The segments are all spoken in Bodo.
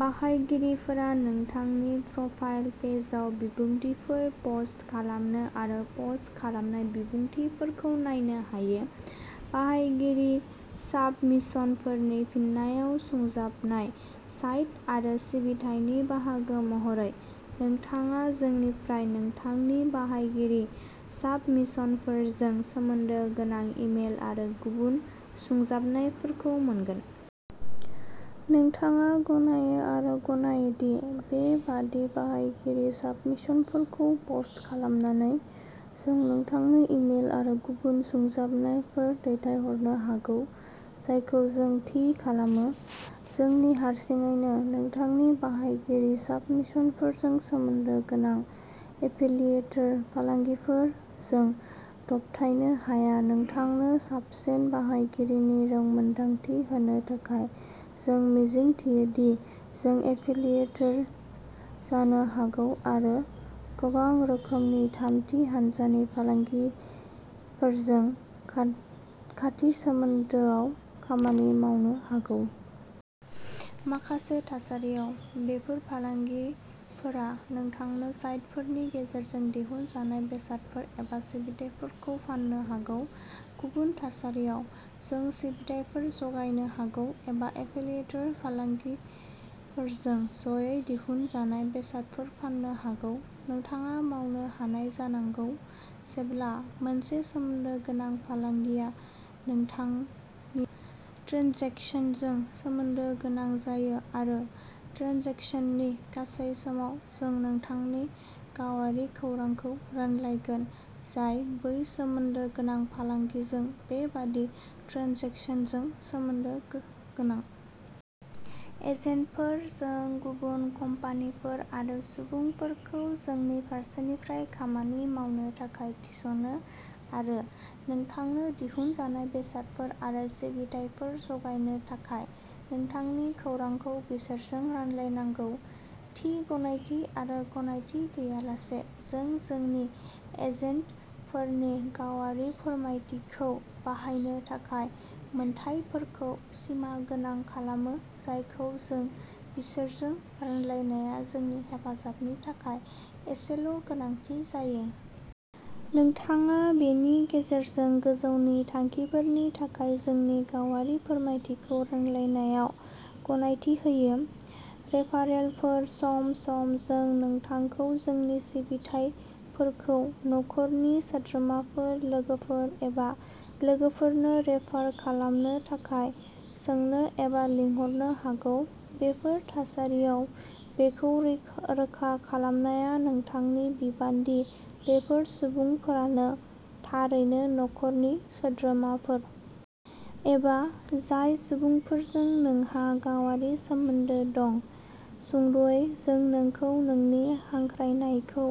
बाहायगिरिफोरा नोंथांनि प्रफाइल पेजआव बिबुंथिफोर पस्ट खालामनो आरो पस्ट खालामनाय बिबुंथिफोरखौ नायनो हायो। बाहायगिरि साबमिशनफोरनि फिननायाव सुंजाबनाय साइट आरो सिबिथायनि बाहागो महरै, नोंथाङा जोंनिफ्राय नोंथांनि बाहायगिरि साबमिशनफोरजों सोमोन्दो गोनां इमेल आरो गुबुन सुंजाबनायफोरखौ मोनगोन। नोंथाङा गनायो आरो गनायो दि बेबादि बाहायगिरि साबमिशनफोरखौ पस्ट खालामनानै, जों नोंथांनो इमेल आरो गुबुन सुंजाबनायफोर दैथायहरनो हागौ जायखौ जों थि खालामो, जोंनि हारसिङैनो, नोंथांनि बाहायगिरि साबमिशनफोरजों सोमोन्दो गोनां। एफिलियेटेड फालांगिफोर जों दबथायनो हाया नोंथांनो साबसिन बाहायगिरिनि रोंमोनदांथि होनो थाखाय, जों मिजिंथियो दि जों एफिलियेटेड जानो हागौ आरो गोबां रोखोमनि थामथि हान्जानि फालांगिफोरजों खाथ खाथि सोमोन्दोआव खामानि मावनो हागौ। माखासे थासारियाव, बेफोर फालांगिफोरा नोंथांनो साइटफोरनि गेजेरजों दिहुनजानाय बेसादफोर एबा सिबिथाइफोरखौ फान्नो हागौ। गुबुन थासारियाव, जों सिबिथाइफोर जगायनो हागौ, एबा एफिलियेटर फालांगिफोरजों ज'यै दिहुनजानाय बेसादफोर फाननो हागौ। नोंथाङा मावनो हानाय जानांगौ। जेब्ला मोनसे सोमोन्दो गोनां फालांगिया नोंथांनि ट्रेन्जेकसनजों सोमोन्दो गोनां जायो, आरो ट्रेन्जेकसननि गासै समाव, जों नोंथांनि गावारि खौरांखौ रानलायगोन जाय बै सोमोन्दो गोनां फालांगिजों बेबादि ट्रेन्जेकसनजों सोमोन्दो गो गोनां। एजेन्टफोर जों गुबुन कम्पानिफोर आरो सुबुंफोरखौ जोंनि फारसेनिफ्राय खामानि मावनो थाखाय थिसनो आरो नोंथांनो दिहुनजानाय बेसादफोर आरो सिबिथाइफोर जगायनो थाखाय नोंथांनि खौरांखौ बिसोरजों रानलायनांगौ। थि गनायथि आरो गनायथि गैयालासे, जों जोंनि एजेन्टफोरनि गावारि फोरमायथिखौ बाहायनो थाखाय मोनथायफोरखौ सिमागोनां खालामो जायखौ जों बिसोरजों रानलायनाया जोंनि हेफाजाबनि थाखाय एसेल' गोनांथि जायो। नोंथाङा बेनि गेजेरजों गोजौनि थांखिफोरनि थाखाय जोंनि गावारि फोरमायथिखौ रानलायनायाव गनायथि होयो। रेफारेलफोर सम सम, जों नोंथांखौ जोंनि सिबिथाइफोरखौ नखरनि सोद्रोमाफोर, लोगोफोर एबा लोगोफोरनो रेफार खालामनो थाखाय सोंनो एबा लिंहरनो हागौ। बेफोर थासारियाव, बेखौ रोखा खालामनाया नोंथांनि बिबान दि बेफोर सुबुंफोरानो थारैनो नखरनि सोद्रोमाफोर। एबा जाय सुबुंफोरजों नोंहा गावारि सोमोन्दो दं। सुंद'यै, जों नोंखौ नोंनि हांख्रायनायखौ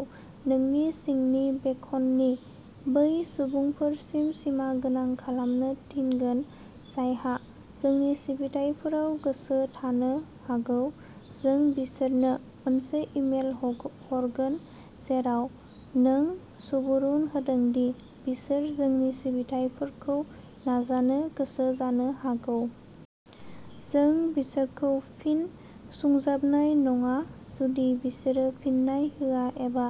नोंनि सिंनि बेखननि बै सुबुंफोरसिम सिमागोनां खालामनो थिनगोन जायहा जोंनि सिबिथाइफोराव गोसो थानो हागौ। जों बिसोरनो मोनसे इमेल हरगोन जेराव नों सुबुरुन होदों दि बिसोर जोंनि सिबिथाइफोरखौ नाजानो गोसो जानो हागौ। जों बिसोरखौ फिन सुंजाबनाय नङा जुदि बिसोरो फिन्नाय होआ एबा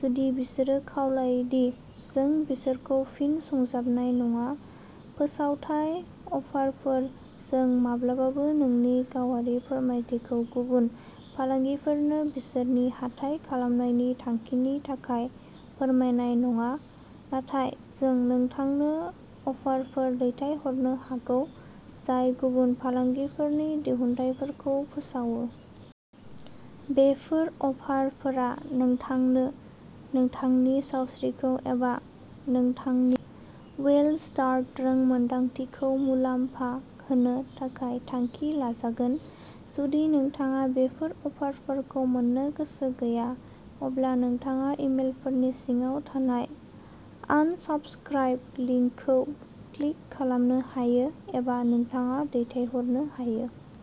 जुदि बिसोरो खावलायो दि जों बिसोरखौ फिन सुंजाबनाय नङा। फोसावथाय अफारफोर जों माब्लाबाबो नोंनि गावारि फोरमायथिखौ गुबुन फालांगिफोरनो बिसोरनि हाथाय खालामनायनि थांखिनि थाखाय फोरमायनाय नङा, नाथाय जों नोंथांनो अफारफोर दैथायहरनो हागौ जाय गुबुन फालांगिफोरनि दिहुनथायफोरखौ फोसावो। बेफोर अफारफोरा नोंथांनो, नोंथांनि सावस्रिखौ, एबा नोंथांनि वेलस्टार्ट रोंमोनदांथिखौ मुलाम्फा होनो थाखाय थांखि लाजागोन। जुदि नोंथाङा बेफोर अफारफोरखौ मोन्नो गोसो गैया, अब्ला नोंथाङा इमेलफोरनि सिङाव थानाय "आनसाबस्क्राइब" लिंकखौ क्लिक खालामनो हायो एबा नोंथाङा दैथायहरनो हायो।